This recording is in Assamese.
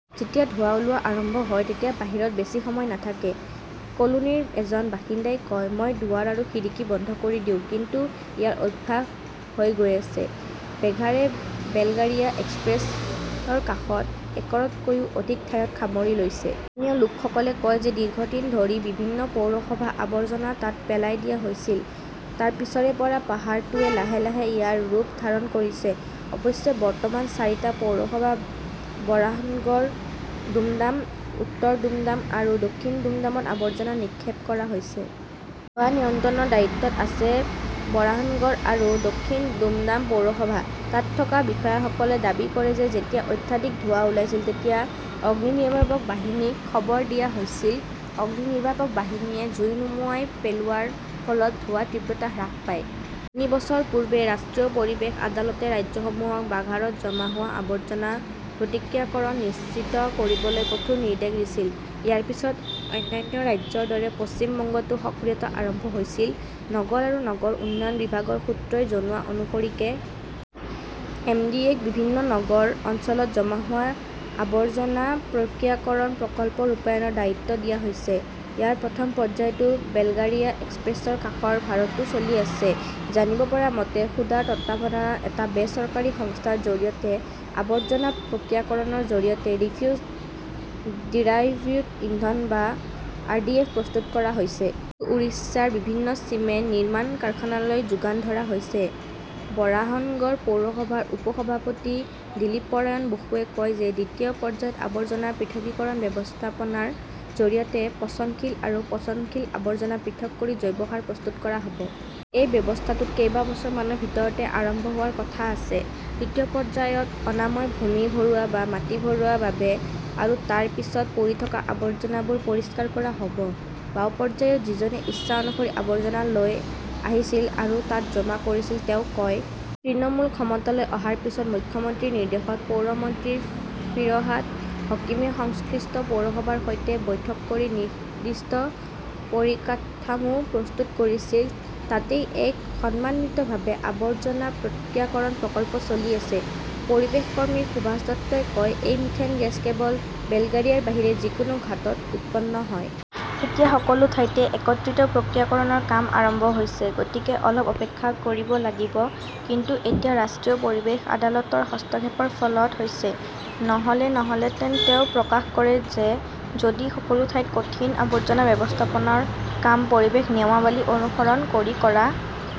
"যেতিয়া ধোঁৱা ওলোৱা আৰম্ভ হয় তেতিয়া বাহিৰত বেছি সময় নাথাকে", কলোনীৰ এজন বাসিন্দাই কয়। মই দুৱাৰ আৰু খিৰিকী বন্ধ কৰি দিওঁ। কিন্তু ইয়াৰ অভ্যাস হৈ গৈ আছে। "বেঘাৰে বেলগাৰিয়া এক্সপ্ৰেছৱে 'ৰ কাষত একৰতকৈও অধিক ঠাই সামৰি লৈছে। স্থানীয় লোকসকলে কয় যে দীৰ্ঘদিন ধৰি বিভিন্ন পৌৰসভাৰ আৱৰ্জনা তাত পেলাই দিয়া হৈছিল। তাৰ পিছৰে পৰা পাহাৰটোৱে লাহে লাহে ইয়াৰ ৰূপ ধাৰণ কৰিছে। অৱশ্যে, বৰ্তমান চাৰিটা পৌৰসভা-বৰাহনগৰ, দুমডাম, উত্তৰ দুমডাম আৰু দক্ষিণ দুমডামত আবৰ্জনা নিক্ষেপ কৰা হৈছে। ধোঁৱা নিয়ন্ত্ৰণৰ দায়িত্বত আছে বৰাহনগৰ আৰু দক্ষিণ দুমডাম পৌৰসভা। তাত থকা বিষয়াসকলে দাবী কৰে যে যেতিয়া অত্যাধিক ধোঁৱা ওলাইছিল তেতিয়া অগ্নিনিৰ্বাপক বাহিনীক খবৰ দিয়া হৈছিল। অগ্নিনিৰ্বাপক বাহিনীয়ে জুই নুমুৱাই পেলোৱাৰ ফলত ধোঁৱাৰ তীব্ৰতা হ্ৰাস পায়। তিনি বছৰ পূৰ্বে ৰাষ্ট্ৰীয় পৰিৱেশ আদালতে ৰাজ্যসমূহক বাঘাৰত জমা হোৱা আৱৰ্জনা প্ৰক্ৰিয়াকৰণ নিশ্চিত কৰিবলৈ কঠোৰ নিৰ্দেশ দিছিল। ইয়াৰ পিছত অন্যান্য ৰাজ্যৰ দৰে পশ্চিম বংগতো সক্ৰিয়তা আৰম্ভ হৈছিল। নগৰ আৰু নগৰ উন্নয়ন বিভাগৰ সূত্ৰই জনোৱা অনুসৰি কে. এম. ডি. এ. -ক বিভিন্ন নগৰ অঞ্চলত জমা হোৱা আৱৰ্জনা প্ৰক্ৰিয়াকৰণ প্ৰকল্প ৰূপায়ণৰ দায়িত্ব দিয়া হৈছে। ইয়াৰ প্ৰথম পৰ্যায়টো বেলগাৰিয়া এক্সপ্ৰেছৱে 'ৰ কাষৰ ভাৰতো চলি আছে। জানিব পৰা মতে, সুদাৰ তত্বাৱধানত এটা বেচৰকাৰী সংস্থাৰ জৰিয়তে আৱৰ্জনা প্ৰক্ৰিয়াকৰণৰ জৰিয়তে ৰিফিউজ ডিৰাইভড ইন্ধন বা আৰডিএফ প্ৰস্তুত কৰা হৈছে। যিটো উৰিষ্যাৰ বিভিন্ন চিমেণ্ট নিৰ্মাণ কাৰখানালৈ যোগান ধৰা হৈছে। বৰাহনগৰ পৌৰসভাৰ উপ-সভাপতি দিলীপনাৰায়ণ বসুৱে কয় যে দ্বিতীয় পৰ্যায়ত আৱৰ্জনা পৃথকীকৰণ ব্যৱস্থাপনাৰ জৰিয়তে পচনশীল আৰু পচনশীল আৱৰ্জনা পৃথক কৰি জৈৱ সাৰ প্ৰস্তুত কৰা হ "ব। এই ব্যৱস্থাটো কেইবছৰমানৰ ভিতৰতে আৰম্ভ হোৱাৰ কথা আছে। তৃতীয় পৰ্যায়ত 'অনাময় ভূমি ভৰোৱা "বা মাটি ভৰোৱাৰ বাবে আৰু তাৰ পিছত পৰি থকা আৱৰ্জনাবোৰ পৰিষ্কাৰ কৰা হ" ব। "বাওঁ পৰ্যায়ত, যিজনে ইচ্ছা অনুসৰি আৱৰ্জনা লৈ আহিছিল আৰু তাত জমা কৰিছিল", তেওঁ কয়। তৃণমূল ক্ষমতালৈ অহাৰ পিছত মুখ্যমন্ত্ৰীৰ নিৰ্দেশত পৌৰ মন্ত্ৰী ফিৰহাদ হকীমে সংশ্লিষ্ট পৌৰসভাৰ সৈতে বৈঠক কৰি নিৰ্দিষ্ট পৰিকাঠামো প্ৰস্তুত কৰিছিল। তাতেই এক সমন্বিতভাৱে আৱৰ্জনা প্ৰক্ৰিয়াকৰণ প্ৰকল্প চলি আছে। "পৰিৱেশ কৰ্মী সুভাষ দত্তই কয়", "এই মিথেন গেছ কেৱল বেলগাৰিয়াৰ বাহিৰে যিকোনো ঘাটত উৎপন্ন হয়। " এতিয়া সকলো ঠাইতে একত্ৰিত প্ৰক্ৰিয়াকৰণৰ কাম আৰম্ভ হৈছে। গতিকে অলপ অপেক্ষা কৰিব লাগিব। কিন্তু এয়া ৰাষ্ট্ৰীয় পৰিৱেশ আদালতৰ হস্তক্ষেপৰ ফলত হৈছে। নহ "লে নহ" লহেঁতেন। "তেওঁ প্ৰকাশ কৰে যে যদি সকলো ঠাইতে কঠিন আৱৰ্জনা ব্যৱস্থাপনাৰ কাম পৰিৱেশ নিয়মাৱলী অনুসৰণ কৰি কৰা